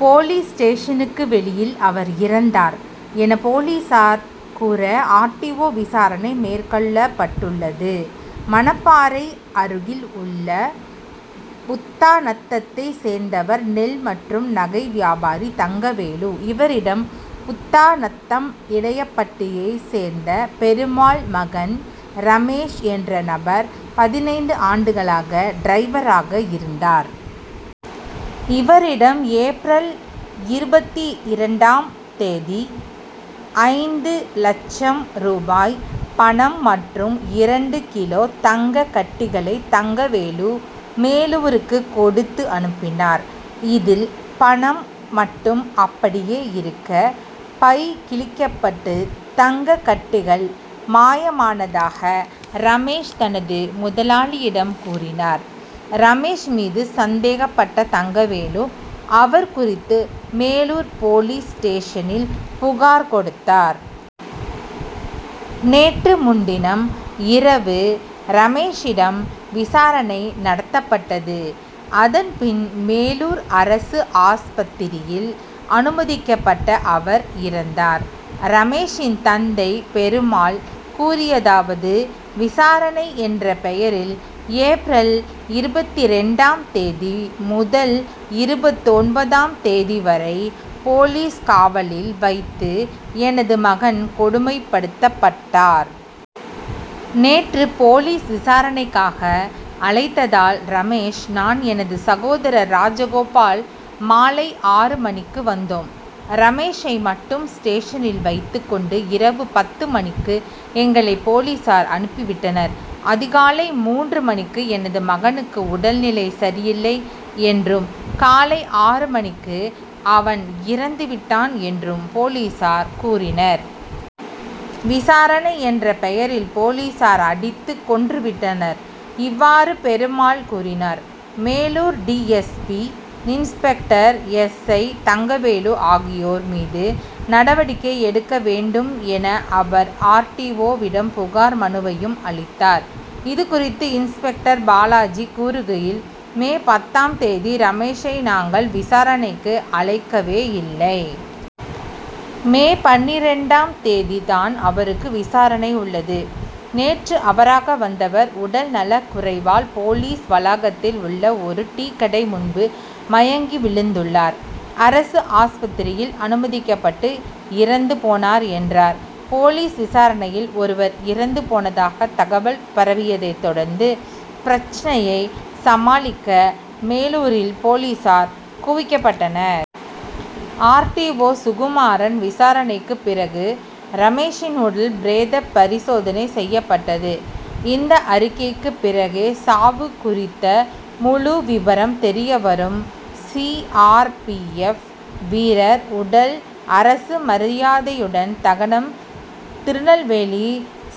Police ஸ்டேஷனுக்கு வெளியில் அவர் இறந்தார் என போலீசார் கூற ஆர். டி. ஓ. விசாரணை மேற்கொள்ளப்பட்டுள்ளது. மணப்பாறை அருகில் உள்ள புத்தாநத்தத்தை சேர்ந்தவர் நெல் மற்றும் நகை வியாபாரி தங்கவேலு. இவரிடம் புத்தாநத்தம் இடையபட்டியை சேர்ந்த பெருமாள் மகன் ரமேஷ் என்ற நபர் பதினைந்து ஆண்டுகளாக டிரைவராக இருந்தார். இவரிடம் ஏப்ரல் இருபத்தி இரண்டாம் தேதி ஐந்து லட்சம் ரூபாய் பணம் மற்றும் இரண்டு கிலோ தங்க கட்டிகளை தங்கவேலு மேலூருக்கு கொடுத்து அனுப்பினார். இதில் பணம் மட்டும் அப்படியே இருக்க பை கிழிக்கப்பட்டு தங்க கட்டிகள் மாயமானதாக ரமேஷ் தனது முதலாளியிடம் கூறினார். ரமேஷ் மீது சந்தேகப்பட்ட தங்கவேலு அவர் குறித்து மேலூர் போலீஸ் ஸ்டேஷனில் புகார் கொடுத்தார். நேற்று முன்தினம் இரவு ரமேஷிடம் விசாரணை நடத்தப்பட்டது. அதன் பின் மேலூர் அரசு ஆஸ்பத்திரியில் அனுமதிக்கப்பட்ட அவர் இறந்தார். ரமேஷின் தந்தை பெருமாள் கூறியதாவது விசாரணை என்ற பெயரில் ஏப்ரல் இருபத்திரண்டாம் தேதி முதல் இருபத்தொன்பதாம் தேதி வரை போலீஸ் காவலில் வைத்து எனது மகன் கொடுமைப்படுத்தப்பட்டார். நேற்று போலீஸ் விசாரணைக்காக அழைத்ததால் ரமேஷ் நான் எனது சகோதரர் ராஜகோபால் மாலை ஆறு மணிக்கு வந்தோம். ரமேஷை மட்டும் ஸ்டேஷனில் வைத்துக் கொண்டு இரவு பத்து மணிக்கு எங்களை போலீசார் அனுப்பி விட்டனர். அதிகாலை மூன்று மணிக்கு எனது மகனுக்கு உடல் நிலை சரியில்லை என்றும் காலை ஆறு மணிக்கு அவன் இறந்து விட்டான் என்றும் போலீசார் கூறினர். விசாரணை என்ற பெயரில் போலீசார் அடித்து கொன்றுவிட்டனர். இவ்வாறு பெருமாள் கூறினார். Melur D. S. P. Inspector S. I. Thangavelu ஆகியோர் மீது நடவடிக்கை எடுக்க வேண்டும் என அவர் ஆர். டி. ஓ.விடம் புகார் மனுவையும் அளித்தார். இது குறித்து இன்ஸ்பெக்டர் பாலாஜி கூறுகையில் மே பத்தாம் தேதி ரமேஷை நாங்கள் விசாரணைக்கு அழைக்கவே இல்லை. மே பன்னிரண்டாம் தேதி தான் அவருக்கு விசாரணை உள்ளது. நேற்று அவராக வந்தவர் உடல் நலக்குறைவால் போலீஸ் வளாகத்தில் உள்ள ஒரு டீக்கடை முன்பு மயங்கி விழுந்துள்ளார். அரசு ஆஸ்பத்திரியில் அனுமதிக்கப்பட்டு இறந்து போனார் என்றார். போலீஸ் விசாரணையில் ஒருவர் இறந்து போனதாக தகவல் பரவியதை தொடர்ந்து பிரச்னையை சமாளிக்க மேலூரில் போலீசார் குவிக்கப்பட்டனர். ஆர். டி. ஓ. சுகுமாறன் விசாரணைக்கு பிறகு ரமேஷின் உடல் பிரேத பரிசோதனை செய்யப்பட்டது. இந்த அறிக்கைக்கு பிறகே சாவு குறித்த முழு விபரம் தெரிய வரும். சி. ஆர். பி. எப். வீரர் உடல் அரசு மரியாதையுடன் தகனம் திருநெல்வேலி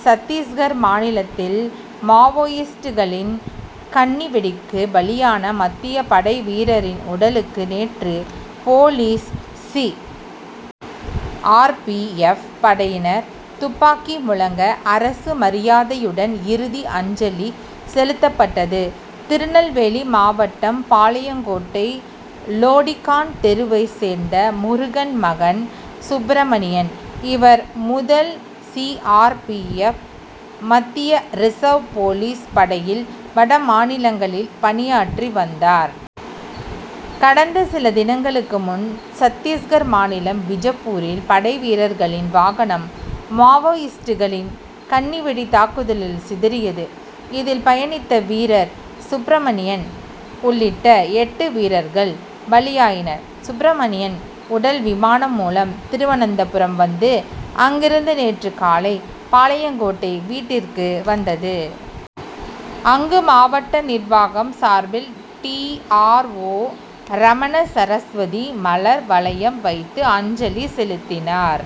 சத்திஸ்கர் மாநிலத்தில் மாவோயிஸ்ட்களின் கண்ணிவெடிக்கு பலியான மத்திய படை வீரரின் உடலுக்கு நேற்று police C. R. P. F. படையினர் துப்பாக்கி முழங்க அரசு மரியாதையுடன் இறுதி அஞ்சலி செலுத்தப்பட்டது. திருநெல்வேலி மாவட்டம் பாளையங்கோட்டை லோடிகான் தெருவைச் சேர்ந்த முருகன் மகன் சுப்ரமணியன். இவர் முதல் சி. ஆர். பி. எப். மத்திய ரிசர்வ் போலீஸ் படையில் வடமாநிலங்களில் பணியாற்றி வந்தார். கடந்த சில தினங்களுக்கு முன் சத்திஸ்கர் மாநிலம் பிஜப்பூரில் படைவீரர்களின் வாகனம் மாவோயிஸ்ட்களின் கண்ணிவெடி தாக்குதலில் சிதறியது. இதில் பயணித்த வீரர் சுப்ரமணியன் உள்ளிட்ட எட்டு வீரர்கள் பலியாயினர். சுப்ரமணியன் உடல் விமானம் மூலம் திருவனந்தபுரம் வந்து அங்கிருந்து நேற்று காலை பாளையங்கோட்டை வீட்டிற்கு வந்தது. அங்கு மாவட்ட நிர்வாகம் சார்பில் டி. ஆர். ஓ. ரமணசரஸ்வதி மலர் வளையம் வைத்து அஞ்சலி செலுத்தினார்.